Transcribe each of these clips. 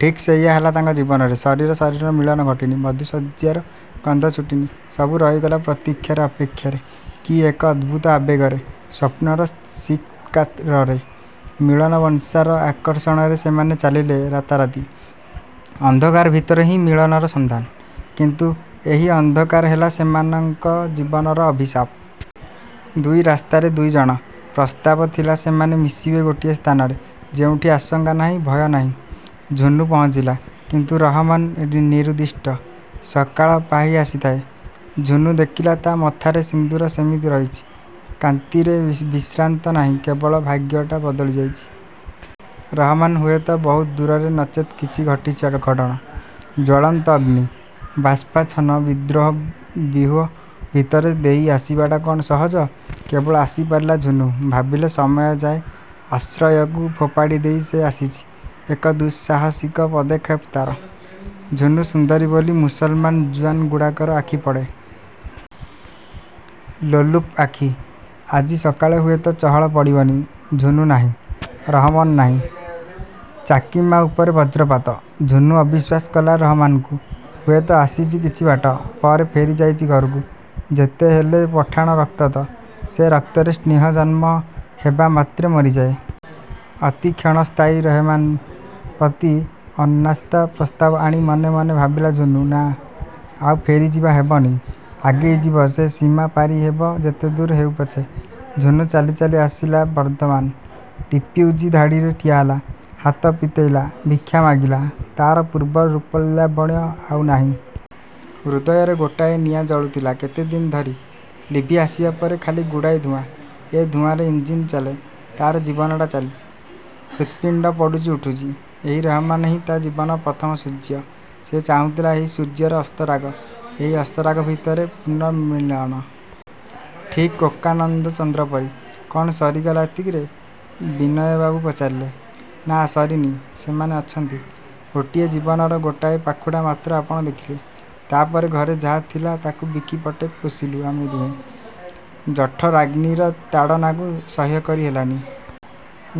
ଠିକ୍ ସେଇଆ ହେଲା ତାଙ୍କ ଜୀବନରେ। ଶରୀର ଶରୀରର ମିଳନ ଘଟିନି। ମଧୁଶଯ୍ୟାର ଗନ୍ଧ ଛୁଟିନି-। ସବୁ ରହିଗଲା ପ୍ରତୀକ୍ଷାରେ, ଅପେକ୍ଷାରେ। କି ଏକ ଅଦ୍ଭୁତ ଆବେଗରେ, ସ୍ୱପ୍ନର ଶୀତ୍କାରରେ, ମିଳନବଂଶାର ଆକର୍ଷଣରେ ସେମାନେ ଚାଲିଲେ–ରାତାରାତି। ଅନ୍ଧକାର ଭିତରେ ହିଁ ମିଳନର ସନ୍ଧାନ। କିନ୍ତୁ ଏହି ଅନ୍ଧକାର ହେଲା ସେମାନଙ୍କ ଜୀବନର ଅଭିଶାପ। ଦୁଇ ରାସ୍ତାରେ ଦୁଇ ଜଣ। ପ୍ରସ୍ତାବ ଥିଲା ସେମାନେ ମିଶିବେ ଗୋଟିଏ ସ୍ଥାନରେ, ଯେଉଁଠି ଆଶଙ୍କା ନାହିଁ, ଭୟ ନାହିଁ। ଝୁନୁ ପହଞ୍ଚିଲା, କିନ୍ତୁ ରହମନ୍ ନିରୁଦ୍ଦିଷ୍ଟ। ସକାଳ ପାହି ଆସିଥାଏ। ଝୁନୁ ଦେଖିଲା ତା ମଥାର ସିନ୍ଦୂର ସେମିତି ରହିଛି। କାନ୍ତିରେ ବିଶ୍ରାନ୍ତ ନାହିଁ କେବଳ ଭାଗ୍ୟଟା ବଦଳିଯାଇଚି। ରହମନ୍ ହୁଏତ ବହୁତ ଦୂରରେ ନଚେତ୍ କିଛି ଘଟିଛି ଅଘଟଣ। ଜ୍ୱଳନ୍ତ ଅଗ୍ନି, ବାଷ୍ପାଚ୍ଛନ୍ନ ବିଦ୍ରୋହ ବ୍ୟୂହ ଭିତର ଦେଇ ଆସିବାଟା କ'ଣ ସହଜ? କେବଳ ଆସିପାରିଲା ଝୁନୁ। ଭାବିଲେ ସମୟ ଯାଏ–ଆଶ୍ରୟକୁ ଫୋପାଡ଼ିଦେଇ ସେ ଆସିଚି–ଏକ ଦୁଃସାହସିକ ପଦକ୍ଷେପ ତାର-। ଝୁନୁ ସୁନ୍ଦୁରୀ ବୋଲି ମୁସଲମାନ ଜୁଆନଗୁଡ଼ାକର ଆଖି ପଡ଼େ। ଲୋଲୁପ ଆଖି। ଆଜି ସକାଳେ ହୁଏତ ଚହଳ ପଡ଼ିବଣି–ଝୁନୁ ନାହିଁ, ରହମନ୍ ନାହିଁ। ଚାକୀମା ଉପରେ ବଜ୍ରପାତ, ଝୁନୁ ଅବିଶ୍ୱାସ କଲା ରହମନକୁ। ହୁଏତ ଆସିଚି କିଛି ବାଟ, ପରେ ଫେରିଯାଇଚି ଘରକୁ-। ଯେତେହେଲେ ପଠାଣ ରକ୍ତ ତ। ସେ ରକ୍ତରେ ସ୍ନେହ ଜନ୍ମ ହେବାମାତ୍ରେ ମରିଯାଏ। ଅତି କ୍ଷଣସ୍ଥାୟୀ। ରହମନ୍ ପ୍ରତି ଅନାସ୍ଥାପ୍ରସ୍ତାବ ଆଣି ମନେ ମନେ ଭାବିଲା ଝୁନୁ–ନା, ଆଉ ଫେରିଯିବା ହେବନି। ଆଗେଇଯିବ ସେ–ସୀମା ପାରି ହେବ ଯେତେଦୂର ହେଉପଛେ। ଝୁନୁ ଚାଲି ଚାଲି ଆସିଲା ବର୍ଦ୍ଧମାନ। ରିପ୍ୟୁଜି ଧାଡ଼ିରେ ଠିଆହେଲା–ହାତ ପିତେଇଲା, ଭିକ୍ଷା ମାଗିଲା। ତାର ପୂର୍ବ ରୂପଲାବଣ୍ୟ ଆଉ ନାହିଁ। ହୃଦୟରେ ଗୋଟାଏ ନିଆଁ ଜଳୁଥିଲା କେତେ ଦିନ ଧରି, ଲିଭିଆସିବା ପରେ ଖାଲି ଗୁଡ଼ାଏ ଧୂଆଁ। ଏ ଧୂଆଁରେ ଇଞ୍ଜିନ ଚାଲେ, ତାର ଜୀବନଟା ଚାଲିଚି। ହୃତ୍ପିଣ୍ଡ ପଡ଼ୁଚି ଉଠୁଚି। ଏହି ରହମନ ହିଁ ତା ଜୀବନର ପ୍ରଥମ ସୂର୍ଯ୍ୟ। ସେ ଚାହୁଁଥିଲା ଏହି ସୂର୍ଯ୍ୟର ଅସ୍ତରାଗ, ଏହି ଅସ୍ତରାଗ ଭିତରେ ପୁନର୍ମିଳନ। ଠିକ୍ କୋକାନଦ ଚନ୍ଦ୍ର ପରି। ''କ'ଣ ସରିଗଲା ଏତିକିରେ? '' ବିନୟବାବୁ ପଚାରିଲେ। –ନା ସରିନି। ସେମାନେ ଅଛନ୍ତି। ଗୋଟିଏ ଜୀବନର ଗୋଟାଏ ପାଖୁଡ଼ା ମାତ୍ର ଆପଣ ଦେଖିଲେ। ତାପରେ ଘରେ ଯାହା ଥିଲା ତାକୁ ବିକି ପେଟ ପୋଷିଲୁ ଆମେ ଦୁହେଁ। ଜଠରାଗ୍ନିର ତାଡ଼ନାକୁ ସହ୍ୟକରି ହେଲାନି।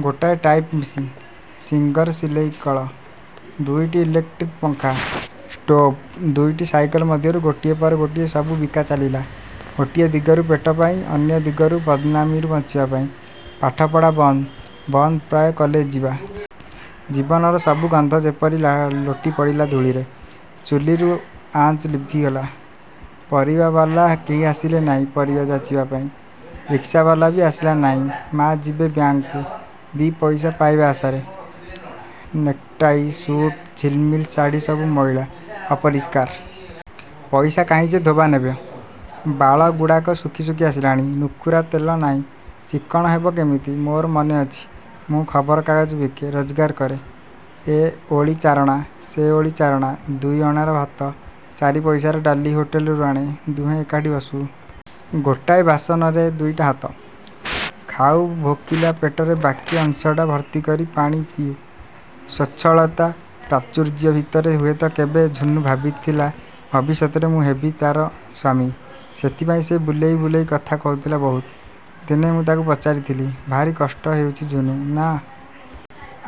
ଗୋଟାଏ ଟାଇପ୍ ମେସିନ, ସିଙ୍ଗର ସିଲେଇକଳ, ଦୁଇଟି ଇଲେକ୍ଟ୍ରିକ୍ ପଙ୍ଖା, ଷ୍ଟୋଭ, ଦୁଇଟି ସାଇକେଲ ମଧ୍ୟରୁ ଗୋଟିଏ ପରେ ଗୋଟିଏ ସବୁ ବିକା ଚାଲିଲା। ଗୋଟିଏ ଦିଗରୁ ପେଟ ପାଇଁ, ଅନ୍ୟ ଦିଗରୁ ବଦନାମିରୁ ବଞ୍ଚିବା ପାଇଁ। ପାଠ ପଢ଼ା ବନ୍ଦ। ବନ୍ଦ ପ୍ରାୟ କଲେଜ ଯିବା। ଜୀବନର ସବୁ ଗନ୍ଧ ଯେପରି ଲୋଟିପଡ଼ିଲା ଧୂଳିରେ। ଚୁଲିରୁ ଆଞ୍ଚ ଲିଭିଗଲା। ପରିବାବାଲା କେହି ଆସିଲେ ନାହିଁ ପରିବା ଯାଚିବା ପାଇଁ। ରିକ୍ସାବାଲା ବି ଆସିଲା ନାହିଁ ମା ଯିବେ ବ୍ୟାଙ୍କକୁ, ଦି' ପଇସା ପାଇବା ଆଶାରେ-। ନେକ୍ଟାଇ, ସୁଟ, ଝିଲମିଲି ଶାଢ଼ି ସବୁ ମଇଳା, ଅପରିଷ୍କାର। ପଇସା କାହିଁ ଯେ ଧୋବା ନେବ-। ବାଳଗୁଡ଼ାକ ଶୁଖି ଶୁଖି ଆସିଲାଣି। ନୁଖୁରା, ତେଲ ନାହିଁ, ଚିକ୍କଣ ହେବ କେମିତି? ମୋର ମନେଅଛି, ମୁଁ ଖବର କାଗଜ ବିକେ, ରୋଜଗାର କରେ। ଏ ଓଳି ଚାରଣା, ସେ ଓଳି ଚାରଣା। ଦୁଇ ଅଣାର ଭାତ, ଚାରି ପଇସାର ଡାଲି ହୋଟେଲରୁ ଆଣେ, ଦୁହେଁ ଏକାଠି ବସୁ। ଗୋଟାଏ ବାସନରେ ଦୁଇଟା ହାତ। ଖାଉ। ଭୋକିଲା ପେଟର ବାକୀ ଅଂଶଟା ଭର୍ତ୍ତିକରୁ ପାଣି ପିଇ। ସ୍ୱଚ୍ଛଳତା, ପ୍ରାଚୁର୍ଯ୍ୟ ଭିତରେ ହୁଏତ କେବେ ଝୁନୁ ଭାବିଥିଲା ଭବିଷ୍ୟତରେ ମୁଁ ହେବି ତାର ସ୍ୱାମୀ। ସେଇଥିପାଇଁ ସେ ବୁଲେଇ ବୁଲେଇ କଥା କହୁଥିଲା ବହୁତ। ଦିନେ ମୁଁ ତାକୁ ପଚାରିଥିଲି–ଭାରି କଷ୍ଟ ହେଉଚି ଝୁନୁ, ନା?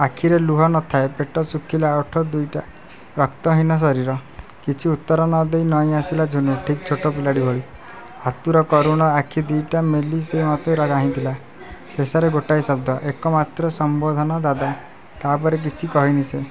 ଆଖିରେ ଲୁହ ନ ଥାଏ ପେଟ ଶୁଖିଲା ଓଠ ଦିଇଟା, ରକ୍ତହୀନ ଶରୀର। କିଛି ଉତ୍ତର ନ ଦେଇ ନଇଁଆସିଲା ଝୁନୁ ଠିକ୍ ଛୋଟ ପିଲାଟି ଭଳି। ଆତୁର କରୁଣ ଆଖି ଦିଇଟା ମେଲି ସେ ମତେ ଚାହିଁଥିଲା। ଶେଷରେ ଗୋଟାଏ ଶବ୍ଦ। ଏକମାତ୍ର ସମ୍ବୋଧନ–ଦାଦା! ତାପରେ କିଛି କହିନି ସେ।